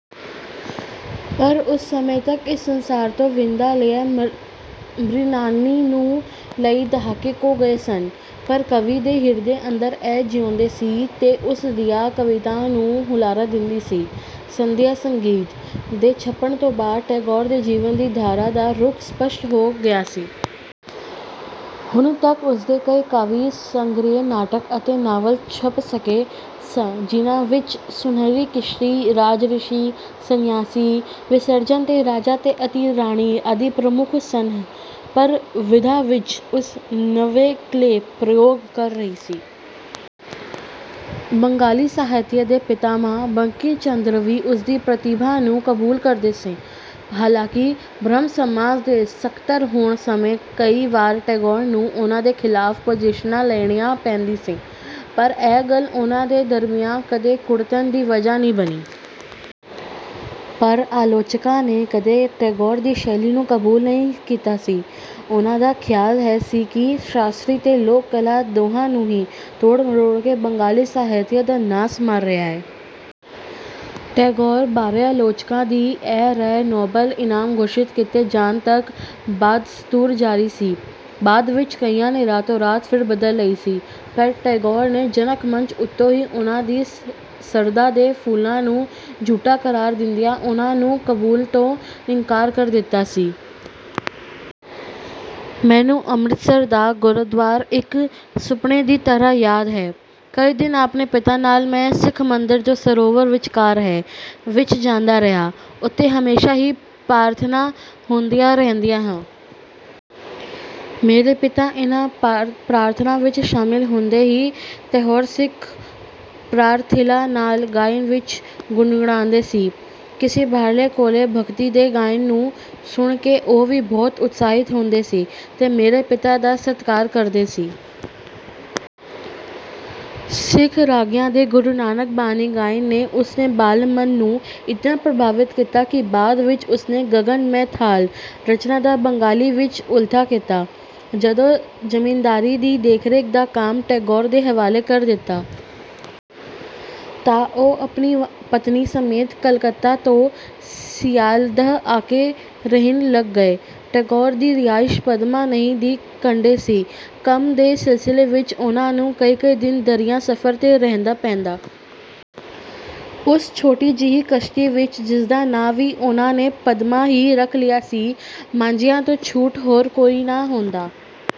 ਪਰ ਉਸ ਸਮੇਂ ਤੱਕ ਇਸ ਸਂਸਾਰ ਤੋਂ ਵਿਦਾ ਲਿਆਂ ਮ੍ਰਿਣਾਲਨੀ ਨੂੰ ਕਈ ਦਹਾਕੇ ਹੋ ਗਏ ਸਨ। ਪਰ ਕਵੀ ਦੇ ਹਿਰਦੇ ਅੰਦਰ ਉਹ ਜਿਉਂਦੀ ਸੀ ਤੇ ਉਸ ਦੀਆਂ ਕਵਿਤਾਵਾਂ ਨੂੰ ਹੁਲਾਰਾ ਦਿੰਦੀ ਸੀ। "ਸੰਧਿਆ-ਸੰਗੀਤ" ਦੇ ਛਪਣ ਤੋਂ ਬਾਦ ਟੈਗੋਰ ਦੇ ਜੀਵਨ ਦੀ ਧਾਰਾ ਦਾ ਰੁਖ ਸਪਸ਼ਟ ਹੋ ਗਿਆ ਸੀ। ਹੁਣ ਤਕ ਉਸਦੇ ਕਈ ਕਾਵਿ-ਸੰਗ੍ਰਿਹ, ਨਾਟਕ ਅਤੇ ਨਾਵਲ ਛੱਪ ਚੁੱਕੇ ਸਨ, ਜਿਨ੍ਹਾ ਵਿੱਚ ਸੁਨਹਿਰੀ ਕਿਸ਼ਤੀ, ਰਾਜਰਿਸ਼ੀ, ਸਨਿਆਸੀ, ਵਿਸਰਜਨ ਤੇ ਰਾਜਾ ਅਤੇ ਰਾਣੀ ਆਦਿ ਪ੍ਰਮੁੱਖ ਸਨ। ਹਰ ਵਿਧਾ ਵਿੱਚ ਉਹ ਨਵੇਕਲੇ ਪ੍ਰਯੋਗ ਕਰ ਰਹੀ ਸੀ। ਬੰਗਾਲੀ ਸਾਹਿਤ ਦੇ ਪਿਤਾਮਹ ਬੰਕਿਮ ਚੰਦਰ ਵੀ ਉਸਦੀ ਪ੍ਰਤਿਭਾ ਨੂੰ ਕਬੂਲ ਕਰਦੇ ਸੀ। ਹਾਲਾਂਕਿ ਬ੍ਰਹਮ-ਸਮਾਜ ਦੇ ਸਕਤਰ ਹੋਣ ਸਮੇਂ ਕਈ ਵਾਰ ਟੈਗੋਰ ਨੂੰ ਉਨ੍ਹਾ ਦੇ ਖਿਲਾਫ਼ ਪੁਜੀਸ਼ਾਨਾਂ ਲੈਣੀਆਂ ਪੈਂਦੀ ਸੀ। ਪਰ ਇਹ ਗੱਲ ਉਨ੍ਹਾ ਦੇ ਦਰਮਿਆਨ ਕਦੇ ਕੁੜਤਣ ਦੀ ਵਜਾਹ ਨਹੀਂ ਬਣੀ। ਪਰ ਆਲੋਚਕਾਂ ਨੇ ਕਦੇ ਟੈਗੋਰ ਦੀ ਸ਼ੈਲੀ ਨੂੰ ਕਬੂਲ ਨਹੀਂ ਸੀ ਕੀਤਾ। ਉਨ੍ਹਾ ਦਾ ਖਿਆਲ ਸੀ ਕਿ ਉਹ ਸ਼ਾਸਤਰੀ ਤੇ ਲੋਕ-ਕਲਾ ਦੋਹਾਂ ਨੂੰ ਹੀ ਤੋੜ-ਮਰੋੜ ਕੇ ਬੰਗਾਲੀ ਸਾਹਿਤ ਦਾ ਨਾਸ ਮਾਰ ਰਿਹਾ ਹੈ। ਟੈਗੋਰ ਬਾਰੇ ਆਲੋਚਕਾਂ ਦੀ ਇਹ ਰਾਇ ਨੋਬਲ-ਈਨਾਮ ਘੋਸ਼ਿਤ ਕੀਤੇ ਜਾਣ ਤਕ ਬਾਦਸਤੂਰ ਜਾਰੀ ਸੀ। ਬਾਦ ਵਿੱਚ ਕਈਆਂ ਨੇ ਰਾਤੋ-ਰਾਤ ਧਿਰ ਬਦਲ ਲਈ ਸੀ। ਪਰ ਟੈਗੋਰ ਨੇ ਜਨਤਕ ਮੰਚ ਉੱਤੋਂ ਹੀ ਉਨ੍ਹਾ ਦੀ ਸ਼ਰਧਾ ਦੇ ਫੁੱਲਾਂ ਨੂੰ ਝੂਠਾ ਕਰਾਰ ਦਿੰਦਿਆਂ ਉਨ੍ਹਾਂ ਨੂੰ ਕਬੂਲ ਤੋਂ ਇਨਕਾਰ ਕਰ ਦਿੱਤਾ ਸੀ। ਮੈਨੂੰ ਅੰਮ੍ਰਿਤਸਰ ਦਾ ਗੁਰਦਰਬਾਰ ਇਕ ਸੁਪਨੇ ਦੀ ਤਰਾਂ ਯਾਦ ਹੈ। ਕਈ ਦਿਨ ਆਪਣੇ ਪਿਤਾ ਨਾਲ ਮੈਂ ਸਿੱਖ ਮੰਦਰ ਜੋ ਸਰੋਵਰ ਵਿਚਕਾਰ ਹੈ, ਵਿੱਚ ਜਾਂਦਾ ਰਿਹਾ। ਉਥੇ ਹਮੇਸ਼ਾ ਹੀ ਪ੍ਰਾਰਥਨਾਵਾਂ ਹੁੰਦੀਆਂ ਰਹਿੰਦੀਆਂ ਹਨ। ਮੇਰਾ ਪਿਤਾ ਇਨ੍ਹਾਂ ਪ੍ਰਾਰਥਨਾਵਾਂ ਵਿੱਚ ਸ਼ਾਮਲ ਹੁੰਦੇੰ ਹੀ ਤੇ ਹੋਰ ਸਿੱਖ ਪ੍ਰਾਰਥੀਆਂ ਨਾਲ ਗਾਇਨ ਵਿੱਚ ਗੁਣਗੁਨਾਂਉਦੇਂ ਸੀ। ਕਿਸੇ ਬਾਹਰਲੇ ਕੋਲੋਂ ਭਗਤੀ ਦੇ ਗਾਇਨ ਨੂੰ ਸੁਣ ਕੇ ਉਹ ਵੀ ਬਹੁਤ ਉਤਸਾਹਿਤ ਹੁੰਦੇ ਸੀ ਤੇ ਮੇਰੇ ਪਿਤਾ ਦਾ ਸਤਕਾਰ ਕਰਦੇ ਸੀ। ਸਿੱਖ ਰਾਗੀਆਂ ਦੇ ਗੁਰੂ ਨਾਨਕ ਬਾਣੀ ਗਾਇਨ ਨੇ ਉਸ ਦੇ ਬਾਲ ਮਨ ਨੂੰ ਇਤਨਾ ਪ੍ਰਭਾਵਿਤ ਕੀਤਾ ਕਿ ਬਾਦ ਵਿੱਚ ਉਸ ਨੇ " ਗਗਨ ਮੈਂ ਥਾਲ" ਰਚਨਾ ਦਾ ਬੰਗਾਲੀ ਵਿੱਚ ਉਲਥਾ ਕੀਤਾ। ਜਦੋ ਜ਼ਮੀਂਦਾਰੀ ਦੀ ਦੇਖਰੇਖ ਦਾ ਕੰਮ ਟੈਗੋਰ ਦੇ ਹਵਾਲੇ ਕਰ ਦਿੱਤਾ। ਤਾਂ ਉਹ ਆਪਣੀ ਪਤਨੀ ਸਮੇਤ ਕਲਕੱਤਾ ਤੋਂ ਸਿਆਲਦਾਅ ਆਕੇ ਰਹਿਣ ਲਗ ਪਏ। ਟੈਗੋਰ ਦੀ ਰਿਹਾਇਸ਼ ਪਦਮਾ ਨਦੀ ਦੇ ਕੰਡੇ ਸੀ। ਕੰਮ ਦੇ ਸਿਲਸਿਲੇ ਵਿੱਚ ਉਨ੍ਹਾ ਨੂੰ ਕਈ-ਕਈ ਦਿਨ ਦਰਿਆਈ ਸਫ਼ਰ 'ਤੇ ਰਹਿਣਾ ਪੈਂਦਾ। ਉਸ ਛੋਟੀ ਜਿਹੀ ਕਸ਼ਤੀ ਵਿੱਚ, ਜਿਸਦਾ ਨਾਂ ਵੀ ਉਨ੍ਹਾ ਨੇ ਪਦਮਾ ਹੀ ਰਖ ਲਿਆ ਸੀ, ਮਾਂਝੀਆਂ ਤੋਂ ਛੁੱਟ ਹੋਰ ਕੋਈ ਨਾ ਹੁੰਦਾ।